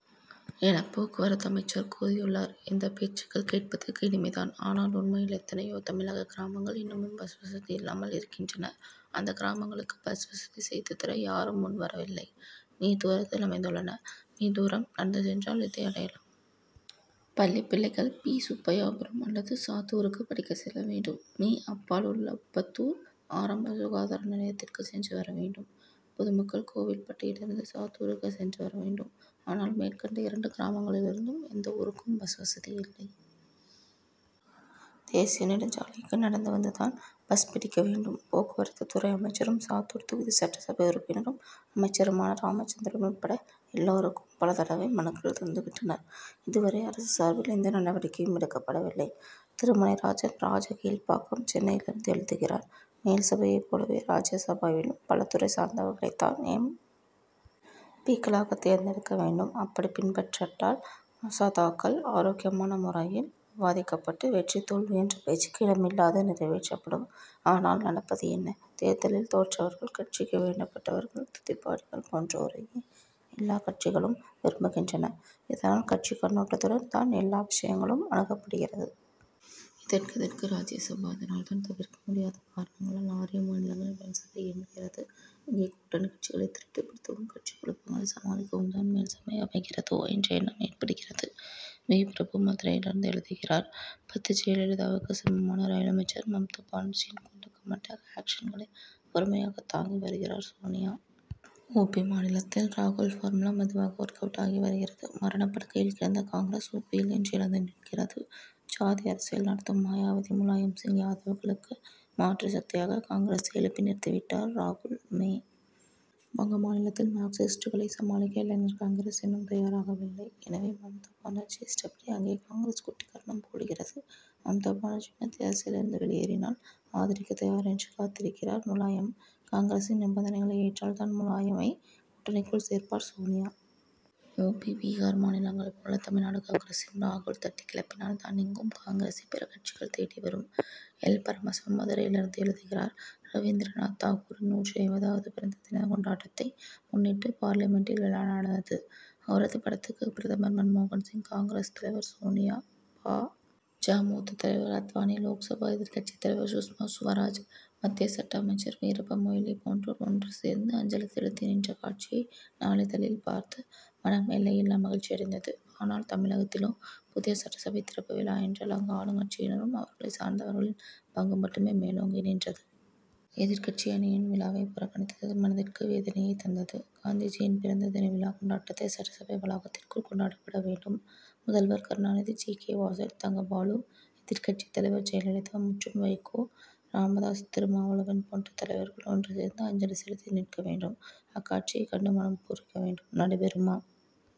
என போக்குவரத்து அமைச்சர் கூறியுள்ளார். இந்த பேச்சுக்கள் கேட்பதற்கு இனிமை தான். ஆனால் உண்மையில் எத்தனையோ தமிழக கிராமங்கள் இன்னமும் பஸ் வசதி இல்லாமல் இருக்கின்றன. அந்த கிராமங்களுக்கு பஸ் வசதி செய்து தர யாரும் முன் வரவில்லை. மீ. தூரத்தில் அமைந்துள்ளன. மீ. தூரம் நடந்து சென்றால் இதை அடையலாம். பள்ளி பிள்ளைகள் பி. சுப்பையாபுரம் அல்லது சாத்தூருக்கு படிக்க செல்ல வேண்டும். மீ. அப்பால் உள்ள உப்பத்தூர் ஆரம்ப சுகாதார நிலையத்திற்கு சென்று வர வேண்டும். பொதுமக்கள் கோவில்பட்டியில் இருந்து சாத்தூருக்கு சென்று வர வேண்டும். ஆனால் மேற்கண்ட இரண்டு கிராமங்களிலிருந்தும் எந்த ஊருக்கும் பஸ் வசதி இல்லை. தேசிய நெடுஞ்சாலைக்கு நடந்து வந்து தான் பஸ் பிடிக்க வேண்டும். போக்குவரத்து துறை அமைச்சரும் சாத்தூர் தொகுதி சட்டசபை உறுப்பினரும் அமைச்சருமான ராமச்சந்திரன் உட்பட எல்லாருக்கும் பல தடவை மனுக்கள் தந்து விட்டனர். இதுவரை அரசு சார்பில் எந்த நடவடிக்கையும் எடுக்கப்படவில்லை. திருமலைராஜன் ராஜகீழ்பாக்கம் சென்னையிலிருந்து எழுதுகிறார் மேல்சபையைப் போலவே ராஜ்யசபாவிலும் பல துறை சார்ந்தவர்களைத் தான் எம். பி.க்களாகத் தேர்ந்தெடுக்க வேண்டும். அப்படி பின்பற்றப்பட்டால் மசோதாக்கள் ஆரோக்கியமான முறையில் விவாதிக்கப்பட்டு வெற்றி தோல்வி என்ற பேச்சுக்கு இடமில்லாது நிறைவேற்றப்படும். ஆனால் நடப்பது என்ன. தேர்தலில் தோற்றவர்கள் கட்சிக்கு வேண்டப்பட்டவர்கள் துதிபாடிகள் போன்றோரையே எல்லா கட்சிகளும் விரும்புகின்றன. இதனால் கட்சிக் கண்ணோட்டத்துடன் தான் எல்லா விஷயங்களும் அணுகப்படுகிறது. இதற்கு எதற்கு ராஜ்யசபா. இதனால் தான் தவிர்க்க முடியாத காரணங்களால் ஆறே மாநிலங்களில் மேல்சபை இயங்குகிறது. இங்கே கூட்டணிக் கட்சிகளை திருப்திப்படுத்தவும் கட்சிக் குழப்பங்களை சமாளிக்கவும் தான் மேல்சபை அமைகிறதோ என்ற எண்ணம் ஏற்படுகிறது. வி. பிரபு மதுரையிலிருந்து எழுதுகிறார் பத்து ஜெயலலிதாவுக்கு சமமான ரயில் அமைச்சர் மம்தா பானர்ஜியின் குண்டக்க மண்டக்க ஆக்ஷன்களை பொறுமையாக தாங்கி வருகிறார் சோனியா. உ. பி. மாநிலத்தில் ராகுல் பார்முலா மெதுவாக ஒர்க் அவுட் ஆகி வருகிறது. மரணப் படுக்கையில் கிடந்த காங்கிரஸ் உ. பி.யில் இன்று எழுந்து நிற்கிறது. ஜாதி அரசியல் நடத்தும் மாயாவதி முலாயம் சிங் யாதவ்களுக்கு மாற்று சக்தியாக காங்கிரசை எழுப்பி நிறுத்திவிட்டார் ராகுல். மே. வங்க மாநிலத்தில் மார்க்சிஸ்ட்டுகளை சமாளிக்க இளைஞர் காங்கிரஸ் இன்னும் தயாராகவில்லை. எனவே மம்தா பானர்ஜி இஷ்டப்படி அங்கே காங்கிரஸ் குட்டிக்கரணம் போடுகிறது. மம்தா பானர்ஜி மத்திய அரசில் இருந்து வெளியேறினால் ஆதரிக்கத் தயார் என்று காத்திருக்கிறார் முலாயம். காங்கிரசின் நிபந்தனைகளை ஏற்றால் தான் முலாயமை கூட்டணிக்குள் சேர்ப்பார் சோனியா. உ. பி. பீகார் மாநிலங்களை போல தமிழ்நாடு காங்கிரசையும் ராகுல் தட்டி கிளப்பினால் தான் இங்கும் காங்கிரசை பிற கட்சிகள் தேடி வரும். எல். பரமசிவம் மதுரையிலிருந்து எழுதுகிறார் ரவிந்திரநாத் தாகூரின் நூற்று ஐம்பதாவது பிறந்த தின கொண்டாட்டத்தை முன்னிட்டு பார்லிமென்டில் விழா நடந்தது. அவரது படத்துக்கு பிரதமர் மன் மோகன்சிங் காங்கிரஸ் தலைவர் சோனியா பா. ஜ. மூத்த தலைவர் அத்வானி லோக்சபா எதிர்க்கட்சி தலைவர் சுஷ்மா சுவராஜ் மத்திய சட்ட அமைச்சர் வீரப்ப மொய்லி போன்றோர் ஒன்று சேர்ந்து அஞ்சலி செலுத்தி நின்ற காட்சியை நாளிதழில் பார்த்து மனம் எல்லையில்லா மகிழ்ச்சி அடைந்தது. ஆனால் தமிழகத்திலோ புதிய சட்டசபை திறப்பு விழா என்றால் அங்கு ஆளுங்கட்சியினரும் அவர்களைச் சார்ந்தவர்களின் பங்கு மட்டுமே மேலோங்கி நின்றது. எதிர்க்கட்சி அணியின் விழாவை புறக்கணித்தது மனதிற்கு வேதனையைத் தந்தது. காந்திஜியின் பிறந்த தின விழா கொண்டாட்டத்தை சட்டசபை வளாகத்திற்குள் கொண்டாடப்பட வேண்டும். முதல்வர் கருணாநிதி ஜி. கே. வாசன் தங்கபாலு எதிர்க்கட்சி தலைவர் ஜெயலலிதா மற்றும் வைகோ ராமதாஸ் திருமாவளவன் போன்ற தலைவர்கள் ஒன்று சேர்ந்து அஞ்சலி செலுத்தி நிற்க வேண்டும். அக்காட்சியை கண்டு மனம் பூரிக்க வேண்டும். நடைபெறுமா?